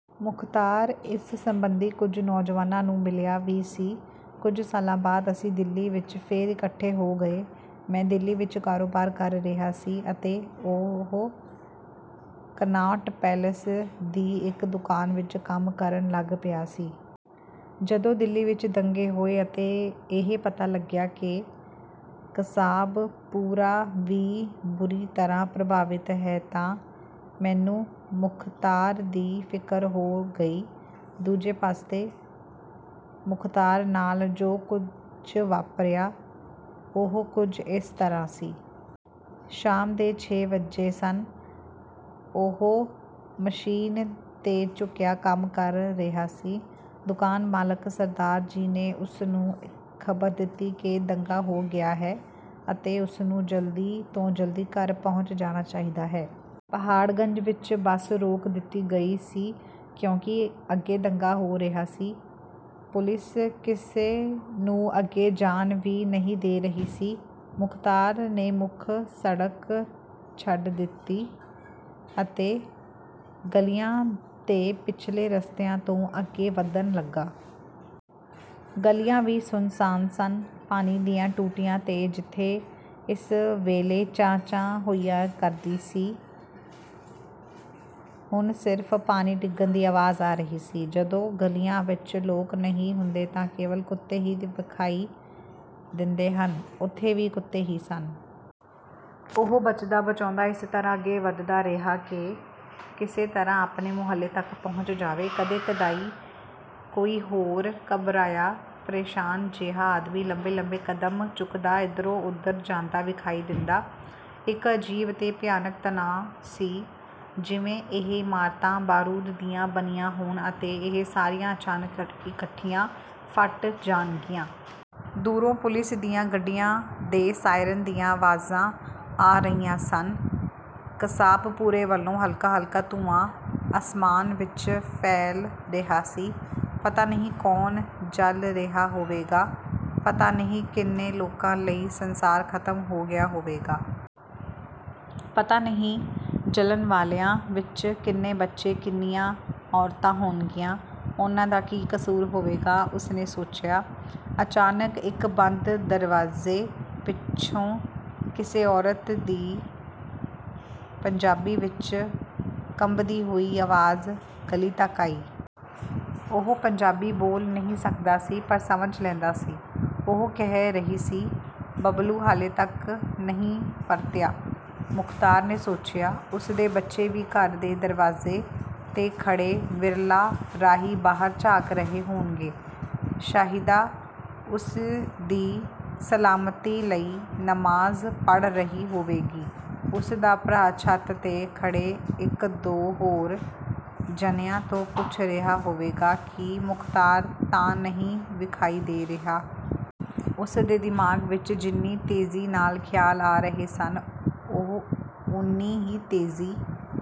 ਮੁਖ਼ਤਾਰ ਇਸ ਸਬੰਧੀ ਕੁਝ ਨੌਜਵਾਨਾਂ ਨੂੰ ਮਿਲਿਆ ਵੀ ਸੀ। ਕੁਝ ਸਾਲਾਂ ਬਾਅਦ ਅਸੀਂ ਦਿੱਲੀ ਵਿੱਚ ਫਿਰ ਇਕੱਠੇ ਹੋ ਗਏ। ਮੈਂ ਦਿੱਲੀ ਵਿੱਚ ਕਾਰੋਬਾਰ ਕਰ ਰਿਹਾ ਸੀ ਅਤੇ ਉਹ ਕਨਾਟ ਪਲੇਸ ਦੀ ਇੱਕ ਦੁਕਾਨ ਵਿੱਚ ਕੰਮ ਕਰਨ ਲੱਗ ਪਿਆ ਸੀ। ਜਦੋਂ ਦਿੱਲੀ ਵਿੱਚ ਦੰਗੇ ਹੋਏ ਅਤੇ ਇਹ ਪਤਾ ਲੱਗਿਆ ਕਿ ਕਸਾਬਪੁਰਾ ਵੀ ਬੁਰੀ ਤਰ੍ਹਾਂ ਪ੍ਰਭਾਵਿਤ ਹੈ ਤਾਂ ਮੈਨੂੰ ਮੁਖ਼ਤਾਰ ਦੀ ਫ਼ਿਕਰ ਹੋ ਗਈ। ਦੂਜੇ ਪਾਸੇ ਮੁਖ਼ਤਾਰ ਨਾਲ ਜੋ ਕੁਝ ਵਾਪਰਿਆ, ਉਹ ਕੁਝ ਇਸ ਤਰ੍ਹਾਂ ਸੀ। ਸ਼ਾਮ ਦੇ ਛੇ ਵੱਜੇ ਸਨ। ਉਹ ਮਸ਼ੀਨ 'ਤੇ ਝੁਕਿਆ ਕੰਮ ਕਰ ਰਿਹਾ ਸੀ। ਦੁਕਾਨ ਮਾਲਕ ਸਰਦਾਰ ਜੀ ਨੇ ਉਸ ਨੂੰ ਖ਼ਬਰ ਦਿੱਤੀ ਕਿ ਦੰਗਾ ਹੋ ਗਿਆ ਹੈ ਅਤੇ ਉਸ ਨੂੰ ਜਲਦੀ ਤੋਂ ਜਲਦੀ ਘਰ ਪਹੁੰਚ ਜਾਣਾ ਚਾਹੀਦਾ ਹੈ। ਪਹਾੜਗੰਜ ਵਿੱਚ ਬੱਸ ਰੋਕ ਦਿੱਤੀ ਗਈ ਸੀ ਕਿਉਂਕਿ ਅੱਗੇ ਦੰਗਾ ਹੋ ਰਿਹਾ ਸੀ। ਪੁਲਿਸ ਕਿਸੇ ਨੂੰ ਅੱਗੇ ਜਾਣ ਵੀ ਨਹੀਂ ਦੇ ਰਹੀ ਸੀ। ਮੁਖ਼ਤਾਰ ਨੇ ਮੁੱਖ ਸੜਕ ਛੱਡ ਦਿੱਤੀ ਅਤੇ ਗਲੀਆਂ ਤੇ ਪਿਛਲੇ ਰਸਤਿਆਂ ਤੋਂ ਅੱਗੇ ਵਧਣ ਲੱਗਾ। ਗਲੀਆਂ ਵੀ ਸੁੰਨਸਾਨ ਸਨ। ਪਾਣੀ ਦੀਆਂ ਟੂਟੀਆਂ 'ਤੇ, ਜਿੱਥੇ ਇਸ ਵੇਲੇ ਚਾਂ-ਚਾਂ ਹੋਇਆ ਕਰਦੀ ਸੀ, ਹੁਣ ਸਿਰਫ਼ ਪਾਣੀ ਡਿੱਗਣ ਦੀ ਆਵਾਜ਼ ਆ ਰਹੀ ਸੀ। ਜਦੋਂ ਗਲੀਆਂ ਵਿੱਚ ਲੋਕ ਨਹੀਂ ਹੁੰਦੇ ਤਾਂ ਕੇਵਲ ਕੁੱਤੇ ਹੀ ਵਿਖਾਈ ਦਿੰਦੇ ਹਨ, ਉੱਥੇ ਵੀ ਕੁੱਤੇ ਹੀ ਸਨ। ਉਹ ਬਚਦਾ-ਬਚਾਉਂਦਾ ਇਸ ਤਰ੍ਹਾਂ ਅੱਗੇ ਵਧਦਾ ਰਿਹਾ ਕਿ ਕਿਸੇ ਤਰ੍ਹਾਂ ਆਪਣੇ ਮੁਹੱਲੇ ਤੱਕ ਪਹੁੰਚ ਜਾਵੇ। ਕਦੇ-ਕਦਾਈਂ ਕੋਈ ਹੋਰ ਘਬਰਾਇਆ, ਪ੍ਰੇਸ਼ਾਨ ਜਿਹਾ ਆਦਮੀ ਲੰਬੇ-ਲੰਬੇ ਕਦਮ ਚੁੱਕਦਾ ਇੱਧਰੋਂ-ਉੱਧਰ ਜਾਂਦਾ ਵਿਖਾਈ ਦਿੰਦਾ। ਇੱਕ ਅਜੀਬ ਤੇ ਭਿਆਨਕ ਤਣਾਅ ਸੀ, ਜਿਵੇਂ ਇਹ ਇਮਾਰਤਾਂ ਬਾਰੂਦ ਦੀਆਂ ਬਣੀਆਂ ਹੋਣ ਅਤੇ ਇਹ ਸਾਰੀਆਂ ਅਚਾਨਕ ਇਕੱਠੀਆਂ ਫਟ ਜਾਣਗੀਆਂ। ਦੂਰੋਂ ਪੁਲਿਸ ਦੀਆਂ ਗੱਡੀਆਂ ਦੇ ਸਾਇਰਨ ਦੀਆਂ ਆਵਾਜ਼ਾਂ ਆ ਰਹੀਆਂ ਸਨ। ਕਸਾਬਪੁਰੇ ਵੱਲੋਂ ਹਲਕਾ-ਹਲਕਾ ਧੂੰਆਂ ਅਸਮਾਨ ਵਿੱਚ ਫੈਲ ਰਿਹਾ ਸੀ। 'ਪਤਾ ਨਹੀਂ ਕੌਣ ਜਲ ਰਿਹਾ ਹੋਵੇਗਾ, ਪਤਾ ਨਹੀਂ ਕਿੰਨੇ ਲੋਕਾਂ ਲਈ ਸੰਸਾਰ ਖ਼ਤਮ ਹੋ ਗਿਆ ਹੋਵੇਗਾ! ਪਤਾ ਨਹੀਂ ਜਲਣ ਵਾਲਿਆਂ ਵਿੱਚ ਕਿੰਨੇ ਬੱਚੇ, ਕਿੰਨੀਆਂ ਔਰਤਾਂ ਹੋਣਗੀਆਂ! ਉਹਨਾਂ ਦਾ ਕੀ ਕਸੂਰ ਹੋਵੇਗਾ?' ਉਸ ਨੇ ਸੋਚਿਆ। ਅਚਾਨਕ ਇੱਕ ਬੰਦ ਦਰਵਾਜ਼ੇ ਪਿੱਛੋਂ ਕਿਸੇ ਔਰਤ ਦੀ ਪੰਜਾਬੀ ਵਿੱਚ ਕੰਬਦੀ ਹੋਈ ਆਵਾਜ਼ ਗਲੀ ਤੱਕ ਆਈ। ਉਹ ਪੰਜਾਬੀ ਬੋਲ ਨਹੀਂ ਸਕਦਾ ਸੀ, ਪਰ ਸਮਝ ਲੈਂਦਾ ਸੀ। ਉਹ ਕਹਿ ਰਹੀ ਸੀ, "ਬਬਲੂ ਹਾਲੇ ਤੱਕ ਨਹੀਂ ਪਰਤਿਆ।" ਮੁਖ਼ਤਾਰ ਨੇ ਸੋਚਿਆ, ਉਸ ਦੇ ਬੱਚੇ ਵੀ ਘਰ ਦੇ ਦਰਵਾਜ਼ੇ 'ਤੇ ਖੜ੍ਹੇ ਵਿਰਲਾਂ ਰਾਹੀਂ ਬਾਹਰ ਝਾਕ ਰਹੇ ਹੋਣਗੇ, ਸ਼ਾਹਿਦਾ ਉਸ ਦੀ ਸਲਾਮਤੀ ਲਈ ਨਮਾਜ਼ ਪੜ੍ਹ ਰਹੀ ਹੋਵੇਗੀ, ਉਸ ਦਾ ਭਰਾ ਛੱਤ 'ਤੇ ਖੜ੍ਹੇ ਇੱਕ-ਦੋ ਹੋਰ ਜਣਿਆਂ ਤੋਂ ਪੁੱਛ ਰਿਹਾ ਹੋਵੇਗਾ ਕਿ ਮੁਖ਼ਤਾਰ ਤਾਂ ਨਹੀਂ ਵਿਖਾਈ ਦੇ ਰਿਹਾ। ਉਸ ਦੇ ਦਿਮਾਗ਼ ਵਿੱਚ ਜਿੰਨੀ ਤੇਜ਼ੀ ਨਾਲ ਖ਼ਿਆਲ ਆ ਰਹੇ ਸਨ, ਉਹ ਉੰਨੀ ਹੀ ਤੇਜ਼ੀ